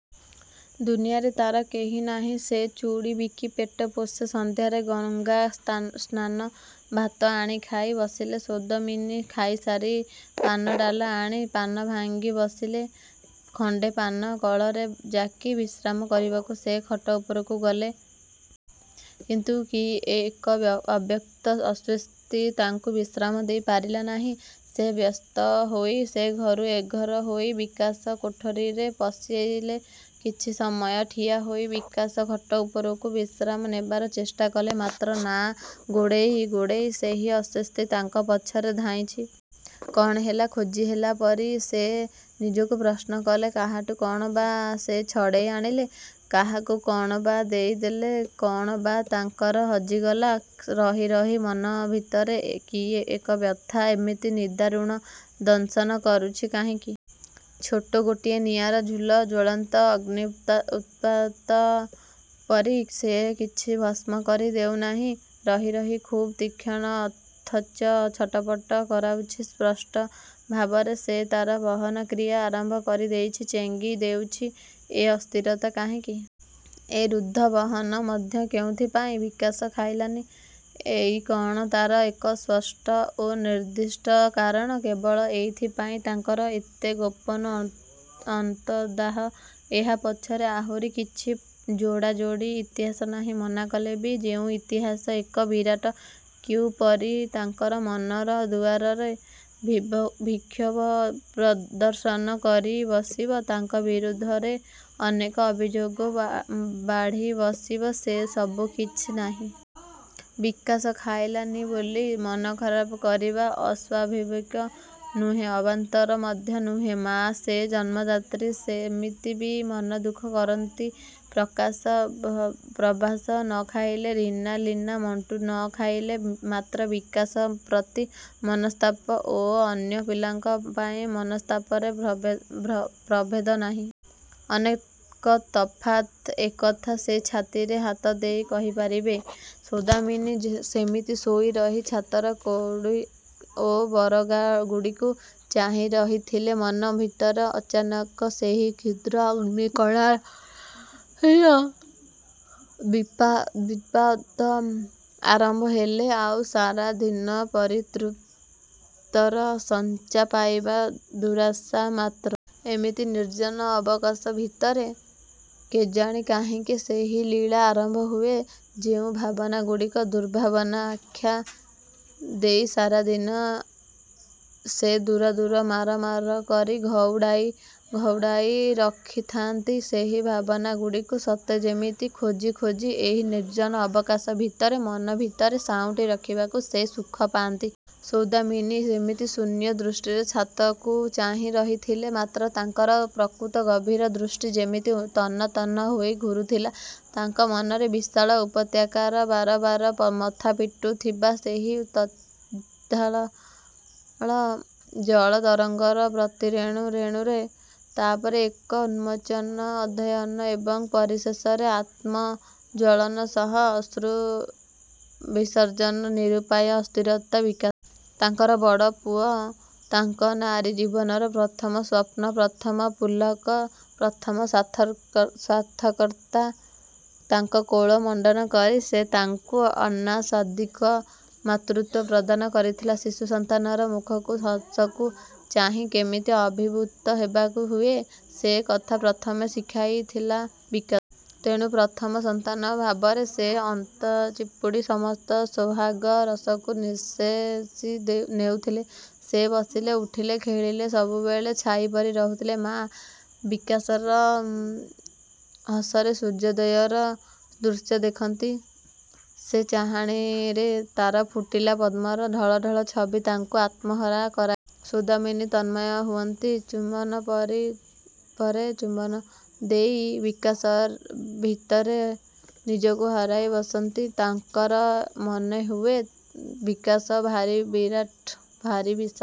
ଦୁନିଆରେ ତାର କେହି ନାହିଁ। ସେ ଚୁଡ଼ି ବିକି ପେଟ ପୋଷେ, ସନ୍ଧ୍ୟାରେ ଗଙ୍ଗା ସ୍ନାନ। ଭାତ ଆଣି ଖାଇ ବସିଲେ ସୌଦମିନୀ। ଖାଇସାରି ପାନଡ଼ାଲା ଆଣି ପାନ ଭାଙ୍ଗି ବସିଲେ। ଖଣ୍ଡେ ପାନ କଳରେ ଜାକି ବିଶ୍ରାମ କରିବାକୁ ସେ ଖଟ ଉପରକୁ ଗଲେ। କିନ୍ତୁ କି ଏକ ଅବ୍ୟକ୍ତ ଅସ୍ଵସ୍ତି ତାଙ୍କୁ ବିଶ୍ରାମ ଦେଇ ପାରିଲା ନାହିଁ। ସେ ବ୍ୟସ୍ତ ହୋଇ ସେ ଘରୁ ଏଘର ହୋଇ ବିକାଶ କୋଠରୀରେ ପଶିଲେ। କିଛି ସମୟ ଠିଆ ହୋଇ ବିକାଶ ଖଟ ଉପରକୁ ବିଶ୍ରାମ ନେବାର ଚେଷ୍ଟା କଲେ। ମାତ୍ର ନାଁ ଗୋଡ଼େଇ ଗୋଡ଼େଇ ସେହି ଅସ୍ଵସ୍ତି ତାଙ୍କ ପଛରେ ଧାଇଁଚି। କଣ ହେଲା? ଖୋଜିହେଲା ପରି ସେ ନିଜକୁ ପ୍ରଶ୍ନ କଲେ। କାହାଠୁ କଣ ବା ସେ ଛଡ଼େଇ ଆଣିଲେ? କାହାକୁ କଣ ବା ଦେଇ ଦେଲେ? କଣ ବା ତାଙ୍କର ହଜିଗଲା? ରହି ରହି ମନ ଭିତରେ କି ଏକ ବ୍ୟଥା, ଏମିତି ନିଦାରୁଣ ଦଂଶନ କରୁଚି କାହିଁକି? ଛୋଟ ଗୋଟିଏ ନିଆଁର ଝୁଲ, ଜ୍ଵଳନ୍ତ ଅଗ୍ନି ଉତ୍ପାତ ପରି ସେ କିଛି ଭସ୍ମ କରି ଦେଉ ନାହିଁ। ରହି ରହି ଖୁବ୍ ତୀକ୍ଷଣ, ଅଥଚ ଛଟପଟ କରାଉଛି। ସ୍ପଷ୍ଟ ଭାବରେ, ସେ ତାର ଦହନ କ୍ରିୟା ଆରମ୍ଭ କରି ଦେଇଚି। ଚେଙ୍ଗି ଦେଉଚି ଏ ଅସ୍ଥିରତା କାହିଁକି? ଏ ରୁଦ୍ଧ ବହନ ମଧ୍ୟ କେଉଁଥିପାଇଁ? ବିକାଶ ଖାଇଲାନି, ଏଇ କଣ ତାର ଏକ ସ୍ପଷ୍ଟ ଓ ନିର୍ଦ୍ଦିଷ୍ଟ କାରଣ? କେବଳ ଏଇଥିପାଇଁ ତାଙ୍କର ଏତେ ଗୋପନ ଅନ୍ତର୍ଦାହ? ଏହା ପଛରେ ଆହୁରି କିଛି ଯୋଡ଼ାଯୋଡ଼ି ଇତିହାସ ନାହିଁ? ମନା କଲେ ବି ଯେଉଁ ଇତିହାସ, ଏକ ବିରାଟ କ୍ୟୁ ପରି ତାଙ୍କର ମନର ଦୁଆରରେ ବିକ୍ଷୋଭ ପ୍ରଦର୍ଶନ କରି ବସିବ ତାଙ୍କ ବିରୁଦ୍ଧରେ ଅନେକ ଅଭିଯୋଗ ବାଢ଼ି ବସିବ, ସେ ସବୁ କିଛି ନାହିଁ? ବିକାଶ ଖାଇଲା ନି ବୋଲି ମନ ଖରାପ କରିବା ଅସ୍ୱାଭାବିକ ନୁହେଁ, ଅବାନ୍ତର ମଧ୍ୟ ନୁହେଁ। ମାଆ ସେ, ଜନ୍ମଦାତ୍ରୀ। ସେମିତି ବି ମନ ଦୁଃଖ କରନ୍ତି, ପ୍ରକାଶ, ପ୍ରଭାସ ନ ଖାଇଲେ, ରୀନା, ଲୀନା, ମଣ୍ଟୁ ନ ଖାଇଲେ। ମାତ୍ର ବିକାଶ ପ୍ରତି ମନସ୍ତାପ ଓ ଅନ୍ୟ ପିଲାଙ୍କ ପାଇଁ ମନସ୍ତାପରେ ପ୍ରଭେଦ ନାହିଁ? ଅନେକ ତଫାତ୍। ଏକଥା ସେ ଛାତିରେ ହାତ ଦେଇ କହିପାରିବେ। ସୌଦାମିନୀ ସେମିତି ଶୋଇ ରହି ଛାତର କଡ଼ି ଓ ବରଗାଗୁଡ଼ିକୁ ଚାହିଁ ରହିଥିଲେ। ମନ ଭିତରେ ଅଚାନକ ସେହି କ୍ଷୁଦ୍ର ଅଗ୍ନି କଣାର ବିପା ବିତ୍ପାତ ଆରମ୍ଭ ହେଲେ ଆଉ ସାରା ଦିନ ପରିତୃପ୍ତର ସଞ୍ଚା ପାଇବା ଦୁରାଶା ମାତ୍ର। ଏମିତି ନିର୍ଜନ ଅବକାଶ ଭିତରେ କେଜାଣି କାହିଁକି ସେହି ଲୀଳା ଆରମ୍ଭ ହୁଏ। ଯେଉଁ ଭାବନାଗୁଡ଼ିକୁ ଦୁର୍ଭାବନା ଆଖ୍ୟା ଦେଇ ସାରା ଦିନ ସେ ଦୂର ଦୂର ମାର ମାର କରି ଘଉଡ଼ାଇ ଘଉଡ଼ାଇ ରଖିଥାନ୍ତି ସେହି ଭାବନାଗୁଡ଼ିକୁ ସତେ ଯେମିତି ଖୋଜି ଖୋଜି ଏହି ନିର୍ଜନ ଅବକାଶ ଭିତରେ ମନ ଭିତରେ ସାଉଁଟି ରଖିବାକୁ ସେ ସୁଖ ପାଆନ୍ତି। ସୌଦାମିନୀ ସେମିତି ଶୂନ୍ୟ ଦୃଷ୍ଟିରେ ଛାତକୁ ଚାହିଁ ରହିଥିଲେ। ମାତ୍ର ତାଙ୍କର ପ୍ରକୃତ ଗଭୀର ଦୃଷ୍ଟି ଯେମିତି ତନ୍ନ ତନ୍ନ ହୋଇ ଘୁରୁଥିଲା। ତାଙ୍କ ମନର ବିଶାଳ ଉପତ୍ୟକାର ବାରବାର ମଥାପିଟୁ ଥିବା ସେହି ଉତ୍ଥାଳ ଜଳ ତରଙ୍ଗର ପ୍ରତି ରେଣୁ ରେଣୁରେ। ତାପରେ ଏକ ଉନ୍ମୋଚନ, ଅଧ୍ୟୟନ ଏବଂ ପରିଶେଷରେ ଆତ୍ମଜ୍ଵଳନ ସହ ଅଶ୍ରୁ ବିସର୍ଜନ ନିରୁପାୟ ଅସ୍ଥିରତା। ବିକାଶ ତାଙ୍କର ବଡ଼ ପୁଅ, ତାଙ୍କ ନାରୀ ଜୀବନର ପ୍ରଥମ ସ୍ୱପ୍ନ। ପ୍ରଥମ ପୁଲକ, ପ୍ରଥମ ସାର୍ଥକତା। ତାଙ୍କ କୋଳ ମଣ୍ଡନ କରି ସେ ତାଙ୍କୁ ଅନାସ୍ୱାଦିତ ମାତୃତ୍ଵ ପ୍ରଦାନ କରିଥିଲା। ଶିଶୁ ସନ୍ତାନର ମୁଖକୁ, ହସକୁ ଚାହିଁ, କେମିତି ଅଭିଭୂତ ହେବାକୁ ହୁଏ ସେ କଥା ପ୍ରଥମ ଶିଖାଇଥିଲା ବିକାଶ। ତେଣୁ ପ୍ରଥମ ସନ୍ତାନ ଭାବରେ ସେ ଅନ୍ତ ଚିପୁଡ଼ି ସମସ୍ତ ସୋହାଗ ରସକୁ ନିଃଶେଷି ନେଉଥିଲା। ସେ ବସିଲେ, ଉଠିଲେ, ଖେଳିଲେ, ସବୁବେଳେ ଛାଇପରି ରହୁଥିଲେ ମା । ବିକାଶର ହସରେ ସୂର୍ଯ୍ୟୋଦୟର ଦୃଶ୍ୟ ଦେଖନ୍ତି ସେ। ଚାହାଣିରେ ତାର ଫୁଟିଲା ପଦ୍ମର ଢଳଢ଼ଳ ଛବି ତାଙ୍କୁ ଆତ୍ମହରା କରାଏ। ସୌଦାମିନୀ ତନ୍ମୟ ହୁଅନ୍ତି। ଚୁମ୍ବନ ପରେ ଚୁମ୍ବନ ଦେଇ ବିକାଶ ଭିତରେ ନିଜକୁ ହରାଇ ବସନ୍ତି। ତାଙ୍କର ମନେ ହୁଏ ବିକାଶ ଭାରି ବିରାଟ, ଭାରି ବିଶାଳ।